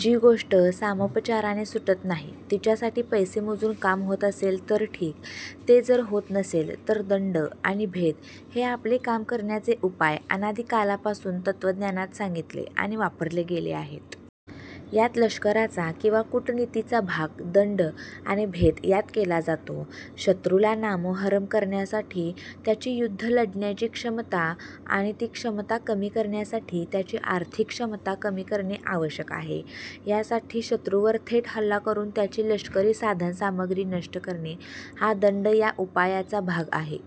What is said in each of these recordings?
जी गोष्ट सामोपचाराने सुटत नाही तिच्यासाठी पैसे मोजून काम होत असेल तर ठीक, ते जर होत नसेल तर दंड आणि भेद हे आपले काम करण्याचे उपाय अनादिकालापासून तत्त्वज्ञानात सांगितले आणि वापरले गेले आहेत. यात लष्कराचा किंवा कूटनीतीचा भाग दंड आणि भेद यात केला जातो. शत्रूला नामोहरम करण्यासाठी त्याची युद्ध लढण्याची क्षमता आणि ती क्षमता कमी करण्यासाठी त्याची आर्थिक क्षमता कमी करणे आवश्यक आहे. यासाठी शत्रूवर थेट हल्ला करून त्याची लष्करी साधनसामग्री नष्ट करणे हा दंड या उपायाचा भाग आहे.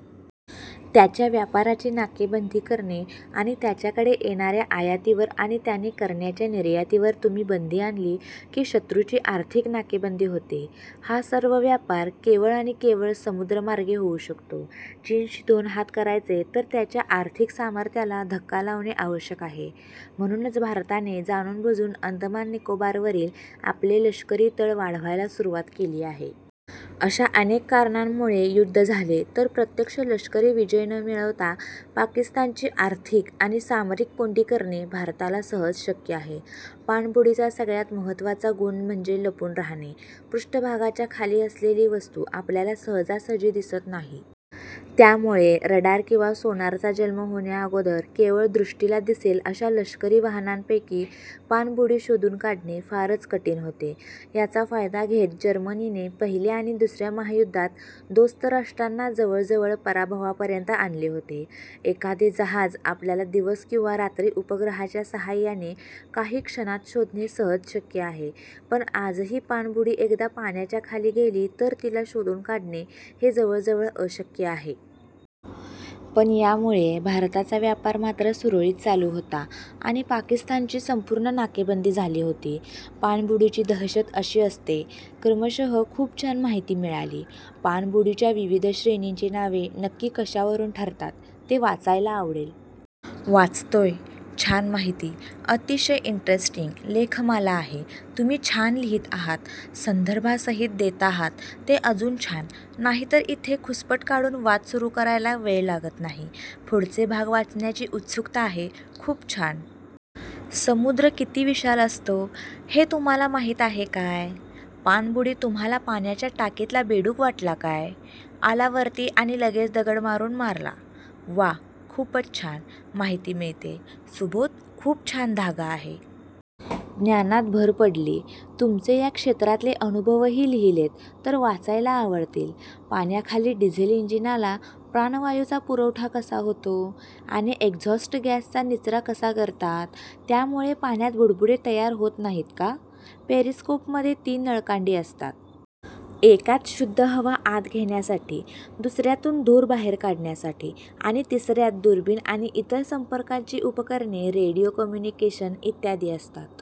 त्याच्या व्यापाराची नाकेबंदी करणे आणि त्याच्याकडे येणाऱ्या आयातीवर आणि त्याने करण्याच्या निर्यातीवर तुम्ही बंदी आणली की शत्रूची आर्थिक नाकेबंदी होते. हा सर्व व्यापार केवळ आणि केवळ समुद्रमार्गे होऊ शकतो. चीनशी दोन हात करायचे तर त्याच्या आर्थिक सामर्थ्याला धक्का लावणे आवश्यक आहे, म्हणूनच भारताने जाणूनबुजून अंदमान निकोबारवरील आपले लष्करी तळ वाढवायला सुरुवात केली आहे. अशा अनेक कारणांमुळे युद्ध झाले तर प्रत्यक्ष लष्करी विजय न मिळवता पाकिस्तानची आर्थिक आणि सामरिक कोंडी करणे भारताला सहज शक्य आहे. पाणबुडीचा सगळ्यात महत्त्वाचा गुण म्हणजे लपून राहणे. पृष्ठभागाच्या खाली असलेली वस्तू आपल्याला सहजासहजी दिसत नाही. त्यामुळे रडार किंवा सोनारचा जन्म होण्याअगोदर केवळ दृष्टीला दिसेल अशा लष्करी वाहनांपैकी पाणबुडी शोधून काढणे फारच कठीण होते. याचा फायदा घेत जर्मनीने पहिल्या आणि दुसऱ्या महायुद्धात दोस्त राष्ट्रांना जवळजवळ पराभवापर्यंत आणले होते. एखादे जहाज आपल्याला दिवस किंवा रात्री उपग्रहाच्या साहाय्याने काही क्षणात शोधणे सहज शक्य आहे, पण आजही पाणबुडी एकदा पाण्याच्या खाली गेली तर तिला शोधून काढणे हे जवळजवळ अशक्य आहे. पण यामुळे भारताचा व्यापार मात्र सुरळीत चालू होता आणि पाकिस्तानची संपूर्ण नाकेबंदी झाली होती. पाणबुडीची दहशत अशी असते. क्रमशः. खूप छान माहिती मिळाली. पाणबुडीच्या विविध श्रेणींची नावे नक्की कशावरून ठरतात ते वाचायला आवडेल. वाचतोय. छान माहिती. अतिशय इंटरेस्टिंग लेखमाला आहे. तुम्ही छान लिहीत आहात. संदर्भासहित देताहात ते अजून छान, नाहीतर इथे खुसपट काढून वाद सुरू करायला वेळ लागत नाही. पुढचे भाग वाचण्याची उत्सुकता आहे. खूप छान. समुद्र किती विशाल असतो हे तुम्हाला माहीत आहे काय? पाणबुडी तुम्हाला पाण्याच्या टाकीतला बेडूक वाटला काय? आला वरती आणि लगेच दगड मारून मारला. वा, खूपच छान माहिती मिळतेय. सुबोध. खूप छान धागा आहे. ज्ञानात भर पडली. तुमचे या क्षेत्रातले अनुभवही लिहिलेत तर वाचायला आवडतील. पाण्याखाली डिझेल इंजिनाला प्राणवायूचा पुरवठा कसा होतो? आणि एक्झॉस्ट गॅसचा निचरा कसा करतात? त्यामुळे पाण्यात बुडबुडे तयार होत नाहीत का? पेरिस्कोपमध्ये तीन नळकांडी असतात. एकात शुद्ध हवा आत घेण्यासाठी, दुसऱ्यातून धूर बाहेर टाकण्यासाठी आणि तिसऱ्यात दुर्बीण आणि इतर संपर्काची उपकरणे, रेडिओ कम्युनिकेशन इत्यादी असतात.